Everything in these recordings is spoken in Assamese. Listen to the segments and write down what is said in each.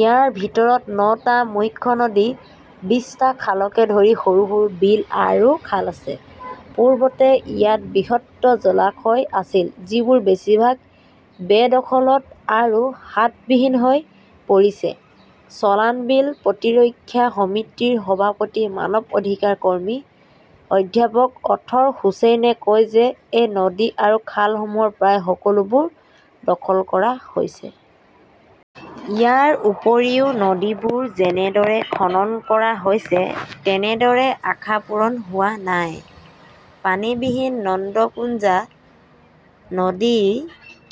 ইয়াৰ ভিতৰত নটা মুখ্য নদী বিশটা খালকে ধৰি সৰু সৰু বিল আৰু খাল আছে। পূৰ্বতে ইয়াত বৃহৎ জলাশয় আছিল যিবোৰ বেছিভাগ বেদখলত আৰু হাতবিহীন হৈ পৰিছে। চলানবিল প্ৰতিৰক্ষা সমিতিৰ সভাপতি মানৱ অধিকাৰ কৰ্মী অধ্যাপক অথৰ হুচেইনে কয় যে এই নদী আৰু খালসমূহৰ প্ৰায় সকলোবোৰ দখল কৰা হৈছে। ইয়াৰ উপৰিও নদীবোৰ যেনেদৰে খনন কৰা হৈছে তেনেদৰে আশা পূৰণ হোৱা নাই। পানীবিহীন নন্দকুঞ্জা নদী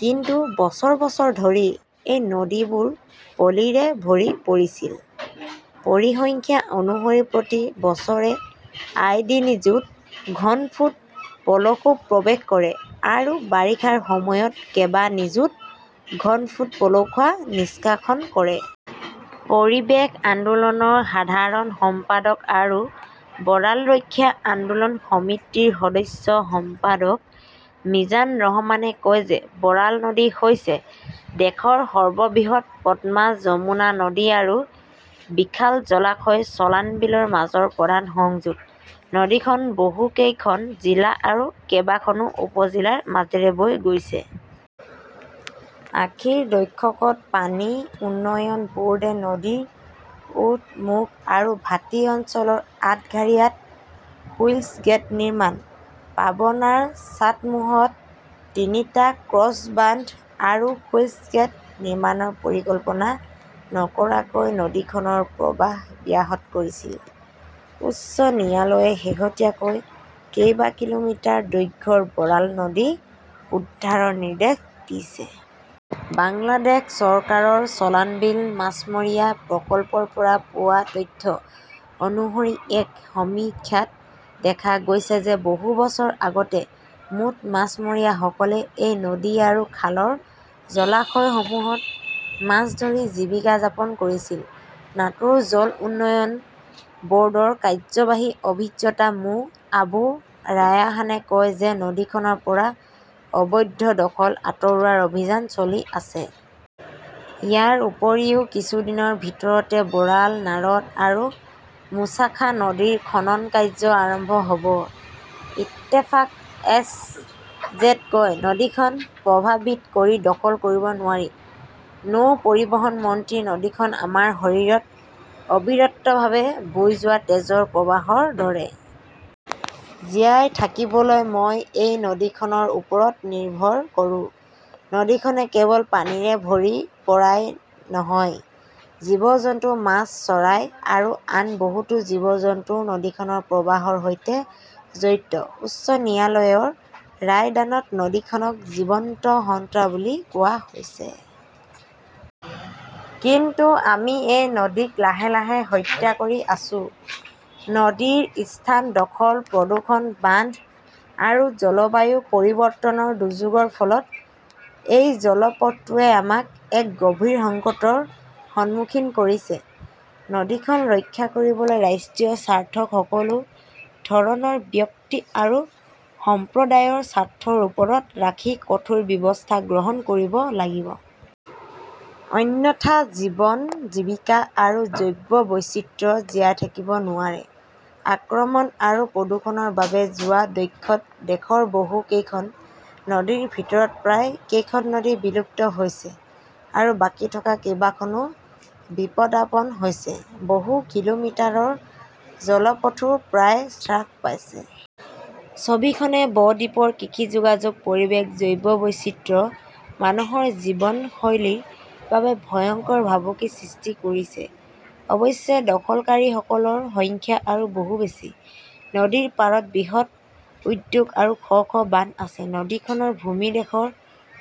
কিন্তু বছৰ বছৰ ধৰি এই নদীবোৰ পলিৰে ভৰি পৰিছিল। পৰিসংখ্যা অনুসৰি প্ৰতি বছৰে আই ডি নিযুত ঘনফুট পলসু প্ৰৱেশ কৰে আৰু বাৰিষাৰ সময়ত কেবা নিযুত ঘনফুট পলসুৱা নিষ্কাশন কৰে। পৰিৱেশ আন্দোলনৰ সাধাৰণ সম্পাদক আৰু বৰাল ৰক্ষা আন্দোলন সমিতিৰ সদস্য সম্পাদক মীজান ৰহমানে কয় যে বৰাল নদী হৈছে দেশৰ সৰ্ববৃহৎ পদ্মা যমুনা নদী আৰু বিশাল জলাশয় চলানবিলৰ মাজৰ প্ৰধান সংযোগ। নদীখন বহুকেইখন জিলা আৰু কেবাখনো উপজিলাৰ মাজেৰে বৈ গৈছে। আশীৰ দক্ষকত পানী উন্নয়ন ব'ৰ্ডে নদীৰ উঠ মুখ আৰু ভাটি অঞ্চলৰ আটঘাৰিয়াত শ্লুইচ গেট নিৰ্মাণ, পাবনাৰ চাটমোহত তিনিটা ক্ৰছ বান্ধ আৰু শ্লুইচ গেট নিৰ্মাণৰ পৰিকল্পনা নকৰাকৈ নদীখনৰ প্ৰৱাহ ব্যাহত কৰিছিল। উচ্চ ন্যায়ালয়ে শেহতীয়াকৈ কেইবা কিলোমিটাৰ দৈৰ্ঘ্যৰ বৰাল নদী উদ্ধাৰৰ নিৰ্দেশ দিছে। বাংলাদেশ চৰকাৰৰ চলানবিল মাছমৰীয়া প্ৰকল্পৰ পৰা পোৱা তথ্য অনুসৰি এক সমীক্ষাত দেখা গৈছে যে বহু বছৰ আগতে মুঠ মাছমৰীয়াসকলে এই নদী আৰু খালৰ জলাশয়সমূহত মাছ ধৰি জীৱিকা যাপন কৰিছিল। নাটোৰ জল উন্নয়ন ব'ৰ্ডৰ কাৰ্যবাহী অভিযন্তা মো আবু ৰায়াহানে কয় যে নদীখনৰ পৰা অবৈধ দখল আঁতৰোৱাৰ অভিযান চলি আছে। ইয়াৰ উপৰিও কিছু দিনৰ ভিতৰতে বৰাল নাৰদ আৰু মুছাখা নদীৰ খনন কাৰ্য আৰম্ভ হ'ব। ইত্তেফাক এছজেড কয় নদীখন প্ৰভাৱিত কৰি দখল কৰিব নোৱাৰি। নৌ পৰিবহণ মন্ত্ৰী নদীখন আমাৰ শৰীৰত অবিৰতভাৱে বৈ যোৱা তেজৰ প্ৰবাহৰ দৰে। জীয়াই থাকিবলৈ মই এই নদীখনৰ ওপৰত নিৰ্ভৰ কৰোঁ। নদীখনে কেৱল পানীৰে ভৰি পৰাই নহয় জীৱ জন্তু মাছ চৰাই আৰু আন বহুতো জীৱ জন্তুও নদীখনৰ প্ৰবাহৰ সৈতে জড়িত। উচ্চ ন্যায়ালয়ৰ ৰায়দানত নদীখনক জীৱন্ত সত্তা বুলি কোৱা হৈছে। কিন্তু আমি এই নদীক লাহে লাহে হত্যা কৰি আছো। নদীৰ স্থান দখল প্ৰদূষণ বান্ধ আৰু জলবায়ু পৰিৱৰ্তনৰ দুৰ্যোগৰ ফলত এই জলপথটোৱে আমাক এক গভীৰ সংকটৰ সন্মুখীন কৰিছে। নদীখন ৰক্ষা কৰিবলৈ ৰাষ্ট্ৰীয় স্বাৰ্থক সকলো ধৰণৰ ব্যক্তি আৰু সম্প্ৰদায়ৰ স্বাৰ্থৰ ওপৰত ৰাখি কঠোৰ ব্যৱস্থা গ্ৰহণ কৰিব লাগিব। অন্যথা জীৱন জীৱিকা আৰু জৈৱ বৈচিত্ৰ্য জীয়াই থাকিব নোৱাৰে। আক্ৰমণ আৰু প্ৰদূষণৰ বাবে যোৱা দশকত দেশৰ বহু কেইখন নদীৰ ভিতৰত প্ৰায় কেইখন নদী বিলুপ্ত হৈছে আৰু বাকী থকা কেইখনো বিপদাপন্ন হৈছে। বহু কিলোমিটাৰৰ জলপথো প্ৰায় হ্ৰাস পাইছে। ছবিখনে ব দ্বীপৰ কৃষি যোগাযোগ পৰিৱেশ জৈৱ বৈচিত্ৰ্য মানুহৰ জীৱনশৈলীৰ বাবে ভয়ংকৰ ভাবুকিৰ সৃষ্টি কৰিছে। অৱশ্যে দখলকাৰীসকলৰ সংখ্যা আৰু বহু বেছি। নদীৰ পাৰত বৃহৎ উদ্যোগ আৰু শ শ বান্ধ আছে। নদীখনৰ ভূমি দেশৰ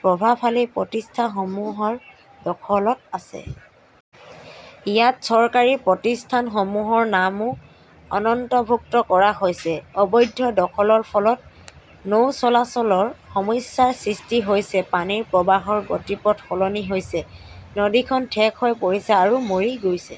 প্ৰভাৱশালী প্ৰতিষ্ঠানসমূহৰ দখলত আছে। ইয়াত চৰকাৰী প্ৰতিষ্ঠানসমূহৰ নামো অনন্তৰ্ভুক্ত কৰা হৈছে। অবৈধ দখলৰ ফলত নৌ চলাচলৰ সমস্যাৰ সৃষ্টি হৈছে পানীৰ প্ৰৱাহৰ গতিপথ সলনি হৈছে নদীখন ঠেক হৈ পৰিছে আৰু মৰি গৈছে।